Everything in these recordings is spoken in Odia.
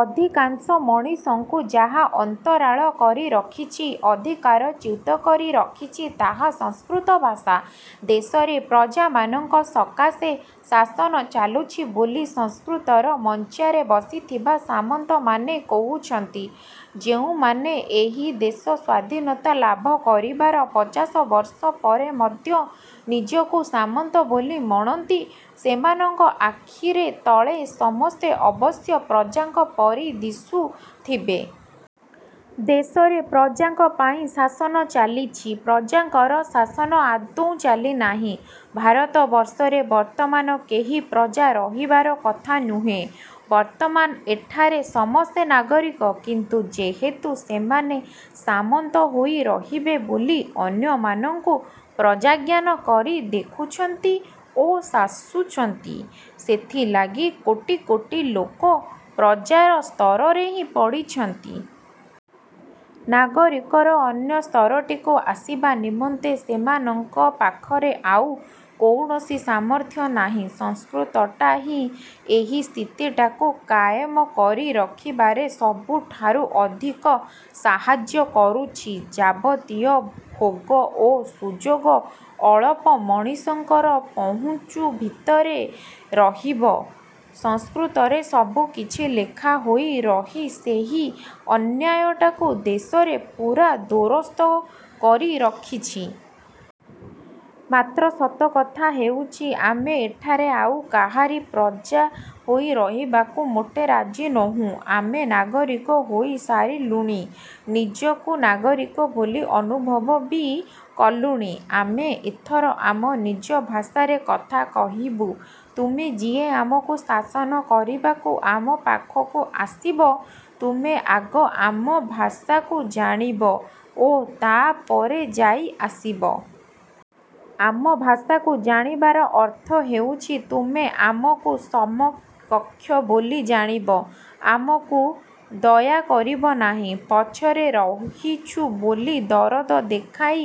ଅଧିକାଂଶ ମଣିଷଙ୍କୁ ଯାହା ଅନ୍ତରାଳ କରି ରଖିଛି ଅଧିକାରଚ୍ୟୁତ କରି ରଖିଛି ତାହା ସଂସ୍କୃତ ଭାଷା। ଦେଶରେ ପ୍ରଜାମାନଙ୍କ ସକାଶେ ଶାସନ ଚାଲୁଛି ବୋଲି ସଂସ୍କୃତର ମଞ୍ଚାରେ ବସିଥିବା ସାମନ୍ତମାନେ କହୁଛନ୍ତି। ଯେଉଁମାନେ ଏହି ଦେଶ ସ୍ୱାଧୀନତା ଲାଭ କରିବାର ପଚାଶବର୍ଷ ପରେ ମଧ୍ୟ ନିଜକୁ ସାମନ୍ତ ବୋଲି ମଣନ୍ତି ସେମାନଙ୍କ ଆଖିରେ ତଳେ ସମସ୍ତେ ଅବଶ୍ୟ ପ୍ରଜାଙ୍କ ପରି ଦିଶୁଥିବେ। ଦେଶରେ ପ୍ରଜାଙ୍କ ପାଇଁ ଶାସନ ଚାଲିଛି, ପ୍ରଜାଙ୍କର ଶାସନ ଆଦୌ ଚାଲିନାହିଁ। ଭାରତବର୍ଷରେ ବର୍ତ୍ତମାନ କେହି ପ୍ରଜା ରହିବାର କଥା ନୁହେଁ। ବର୍ତ୍ତମାନ ଏଠାରେ ସମସ୍ତେ ନାଗରିକ। କିନ୍ତୁ ଯେହେତୁ ସେମାନେ ସାମନ୍ତ ହୋଇ ରହିବେ ବୋଲି ଅନ୍ୟମାନଙ୍କୁ ପ୍ରଜାଜ୍ଞାନ କରି ଦେଖୁଛନ୍ତି ଓ ଶାସୁଛନ୍ତି, ସେଥିଲାଗି କୋଟି କୋଟି ଲୋକ ପ୍ରଜାର ସ୍ତରରେ ହିଁ ପଡ଼ିଛନ୍ତି। ନାଗରିକର ଅନ୍ୟ ସ୍ତରଟିକୁ ଆସିବା ନିମନ୍ତେ ସେମାନଙ୍କ ପାଖରେ ଆଉ କୌଣସି ସାମର୍ଥ୍ୟ ନାହିଁ। ସଂସ୍କୃତଟା ହିଁ ଏହି ସ୍ଥିତିଟାକୁ କାଏମ କରି ରଖିବାରେ ସବୁଠାରୁ ଅଧିକ ସାହାଯ୍ୟ କରୁଛି। ଯାବତୀୟ ଭୋଗ ଓ ସୁଯୋଗ ଅଳପ ମଣିଷଙ୍କର ପହୁଞ୍ଚ ଭିତରେ ରହିବ, ସଂସ୍କୃତରେ ସବୁକିଛି ଲେଖା ହୋଇ ରହି ସେହି ଅନ୍ୟାୟଟାକୁ ଦେଶରେ ପୂରା ଦୋରସ୍ତ କରି ରଖିଛି। ମାତ୍ର ସତ କଥା ହେଉଛି ଆମେ ଏଠାରେ ଆଉ କାହାରି ପ୍ରଜା ହୋଇ ରହିବାକୁ ମୋଟେ ରାଜି ନୋହୁଁ, ଆମେ ନାଗରିକ ହୋଇ ସାରିଲୁଣି। ନିଜକୁ ନାଗରିକ ବୋଲି ଅନୁଭବ ବି କଲୁଣି। ଆମେ ଏଥର ଆମ ନିଜ ଭାଷାରେ କଥା କହିବୁ। ତୁମେ ଯିଏ ଆମକୁ ଶାସନ କରିବାକୁ ଆମ ପାଖକୁ ଆସିବ ତୁମେ ଆଗ ଆମ ଭାଷାକୁ ଜାଣିବ ଓ ତାପରେ ଯାଇ ଆସିବ। ଆମ ଭାଷାକୁ ଜାଣିବାର ଅର୍ଥ ହେଉଛି ତୁମେ ଆମକୁ ସମକକ୍ଷ ବୋଲି ଜାଣିବ, ଆମକୁ ଦୟା କରିବ ନାହିଁ। ପଛରେ ରହିଛୁ ବୋଲି ଦରଦ ଦେଖାଇ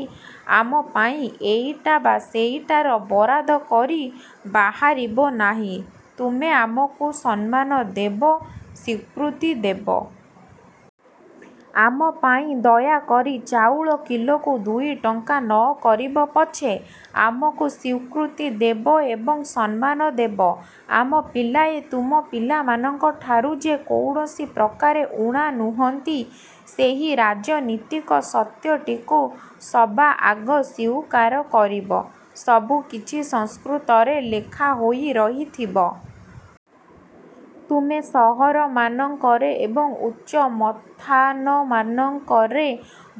ଆମ ପାଇଁ ଏଇଟା ବା ସେଇଟାର ବରାଦ କରି ବାହାରିବ ନାହିଁ। ତୁମେ ଆମକୁ ସମ୍ମାନ ଦେବ, ସ୍ୱୀକୃତି ଦେବ। ଆମ ପାଇଁ ଦୟାକରି ଚାଉଳ କିଲୋକୁ ଦୁଇଟଙ୍କା ନକରିବ ପଛେ, ଆମକୁ ସ୍ୱୀକୃତି ଦେବ ଏବଂ ସମ୍ମାନ ଦେବ। ଆମ ପିଲାଏ ତୁମ ପିଲାମାନଙ୍କ ଠାରୁ ଯେ କୌଣସି ପ୍ରକାରେ ଊଣା ନୁହନ୍ତି ସେହି ରାଜନୀତିକ ସତ୍ୟଟିକୁ ସବାଆଗ ସ୍ୱୀକାର କରିବ। ସବୁକିଛି ସଂସ୍କୃତରେ ଲେଖା ହୋଇ ରହିଥିବ। ତୁମେ ସହରମାନଙ୍କରେ ଓ ଉଚ୍ଚ ମଥାନମାନଙ୍କରେ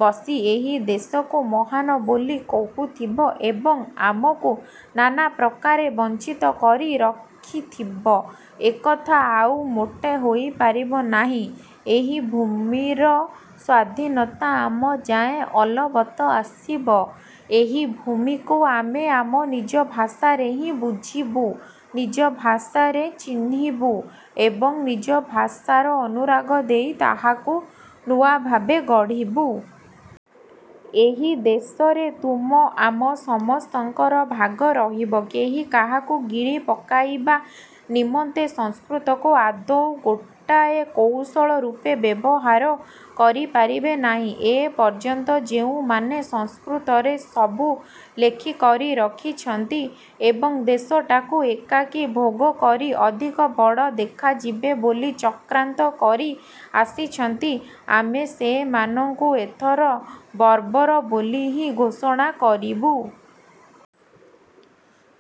ବସି ଏହି ଦେଶକୁ ମହାନ ବୋଲି କହୁଥିବ ଏବଂ ଆମକୁ ନାନା ପ୍ରକାରେ ବଞ୍ଚିତ କରି ରଖିଥିବ, ଏକଥା ଆଉ ମୋଟେ ହୋଇପାରିବ ନାହିଁ। ଏହି ଭୂମିର ସ୍ୱାଧୀନତା ଆମଯାଏ ଅଲବତ ଆସିବ। ଏହି ଭୂମିକୁ ଆମେ ଆମ ନିଜ ଭାଷାରେ ହିଁ ବୁଝିବୁ, ନିଜ ଭାଷାରେ ଚିହ୍ନିବୁ ଏବଂ ନିଜ ଭାଷାର ଅନୁରାଗ ଦେଇ ତାହାକୁ ନୂଆ ଭାବେ ଗଢ଼ିବୁ। ଏହି ଦେଶରେ ତୁମ ଆମ ସମସ୍ତଙ୍କର ଭାଗ ରହିବ କେହି କାହାକୁ ଗିଳି ପକାଇବା ନିମନ୍ତେ ସଂସ୍କୃତକୁ ଆଦୌ ଗୋଟାଏ କୌଶଳ ରୂପେ ବ୍ୟବହାର କରିପାରିବେ ନାହିଁ। ଏପର୍ଯ୍ୟନ୍ତ ଯେଉଁମାନେ ସଂସ୍କୃତରେ ସବୁ ଲେଖିକରି ରଖିଛନ୍ତି ଏବଂ ଦେଶଟାକୁ ଏକାକୀ ଭୋଗକରି ଅଧିକ ବଡ଼ ଦେଖାଯିବେ ବୋଲି ଚକ୍ରାନ୍ତ କରି ଆସିଛନ୍ତି, ଆମେ ସେମାନଙ୍କୁ ଏଥର ବର୍ବର ବୋଲି ହିଁ ଘୋଷଣା କରିବୁ।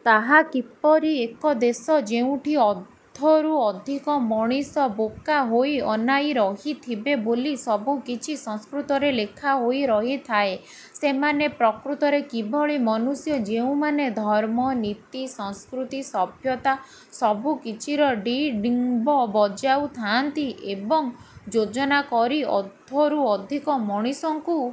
ତାହା କିପରି ଏକ ଦେଶ ଯେଉଁଠି ଅଧରୁ ଅଧିକ ମଣିଷ ବୋକା ହୋଇ ଅନାଇ ରହିଥିବେ ବୋଲି ସବୁକିଛି ସଂସ୍କୃତରେ ଲେଖାହୋଇ ରହିଥାଏ? ସେମାନେ ପ୍ରକୃତରେ କିଭଳି ମନୁଷ୍ୟ ଯେଉଁମାନେ ଧର୍ମ, ନୀତି, ସଂସ୍କୃତି, ସଭ୍ୟତା ସବୁକିଛିର ଡ଼ିଣ୍ଡିମ ବଜାଉ ଥାଆନ୍ତି ଏବଂ ଯୋଜନା କରି ଅଧରୁ ଅଧିକ ମଣିଷଙ୍କୁ